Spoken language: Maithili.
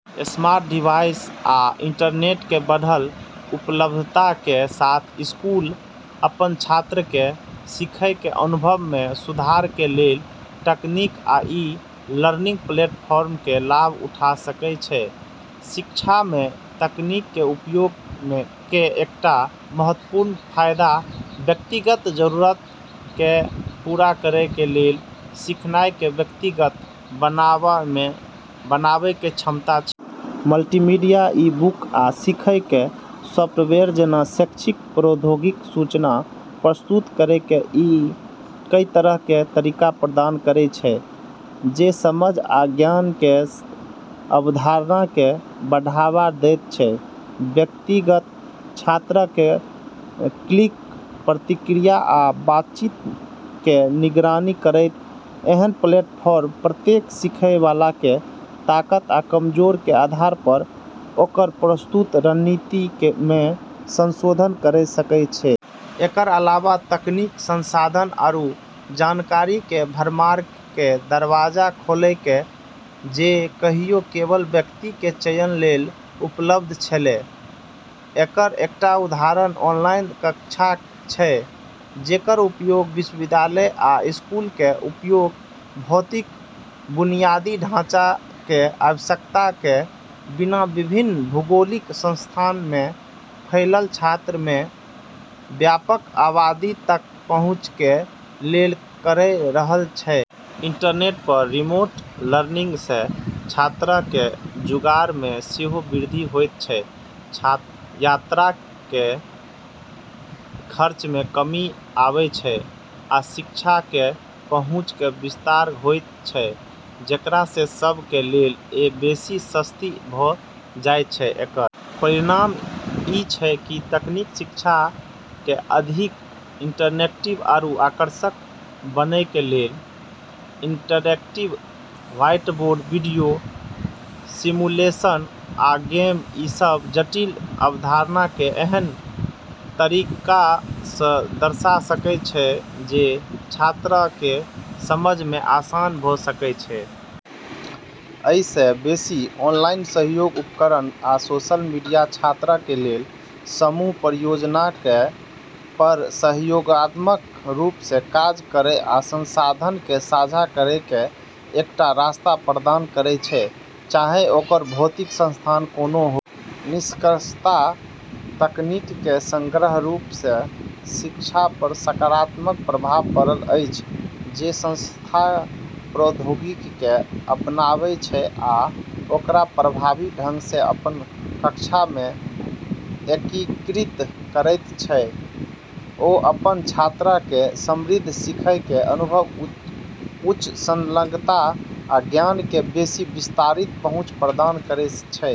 स्मार्ट डिवाइस आ इंटरनेट कें बढ़ल उपलब्धता कें साथ स्कूल अपन छात्रक कें सीखय कें अनुभव मे सुधार कें लेल तकनीक आ ई-लर्निंग प्लेटफॉर्मक कें लाभ उठा सकय छै। शिक्षा मे तकनीक कें उपयोग कें एकटा महत्वपूर्ण फायदा व्यक्तिगत जरूरतक कें पूरा करय कें लेल सीखनाय कें व्यक्तिगत बनावा कें क्षमता छै। मल्टीमीडिया, ई-बुक, आ सीखय कें सॉफ्टवेयर जैना शैक्षिक प्रौद्योगिकी सूचना प्रस्तुत करय कें कई तरह कें तरीका प्रदान करैत छै, जे समझ आ ज्ञान कें अवधारण कें बढ़ावा दैत छै। व्यक्तिगत छात्रक कें क्लिक, प्रतिक्रिया आ बातचीत कें निगरानी करैत, एहन प्लेटफार्म प्रत्येक सीखएय वाला कें ताकत आ कमजोरी कें आधार पर ओकर प्रस्तुति रणनीति मे संशोधन कयर सकय छै। एकर अलावा तकनीक संसाधन आरू जानकारी के भरमार के दरवाजा खोललकै जे कहियो केवल व्यक्ति के चयन लेली उपलब्ध छेलै। एकर एकटा उदाहरण ऑनलाइन कक्षाक छै, जेकर उपयोग विश्वविद्यालय आ स्कूलक कें उपयोग भौतिक बुनियादी ढाँचा कें आवश्यकता कें बिना विभिन्न भौगोलिक स्थानक मे फैलल छात्रक कें व्यापक आबादी तक पहुंचय कें लेल कयर रहल छै। इंटरनेट पर रिमोट लर्निंग सं छात्रक कें जुड़ाव मे सेहो वृद्धि होयत छै, यात्रा कें खर्च मे कमी आबै छै, आ शिक्षा कें पहुंच कें विस्तार होयत छै, जेकरा सं सब कें लेल इ बेसि सस्ती भ जायत छै। एकर परिणाम ई छै कि तकनीक शिक्षा क अधिक इंटरैक्टिव आरू आकर्षक बनैलकै। इंटरएक्टिव व्हाइटबोर्ड, वीडियो, सिमुलेशन, आ गेम, सब जटिल अवधारणा कें एहन तरीका सं दर्शा सकय छै जे छात्रक कें समझ मे आसान भ सकय छै। अइ सं बेसि, ऑनलाइन सहयोग उपकरण आ सोशल मीडिया छात्रक कें लेल समूह परियोजनाक पर सहयोगात्मक रूप सं काज करय आ संसाधनक कें साझा करय कें एकटा रास्ता प्रदान करैत छै, चाहे ओकर भौतिक स्थान कोनों हो। निष्कर्षतः तकनीक के समग्र रूप स शिक्षा पर सकारात्मक प्रभाव पड़ल अछि। जे संस्थाक प्रौद्योगिकी कें अपनायत छै आ ओकरा प्रभावी ढंग सं अपन कक्षाक मे एकीकृत करैत छै, ओ अपन छात्रक कें समृद्ध सीखय कें अनुभव, उच्च संलग्नता, आ ज्ञान कें बेसि विस्तारित पहुंच प्रदान कयर सकय छै।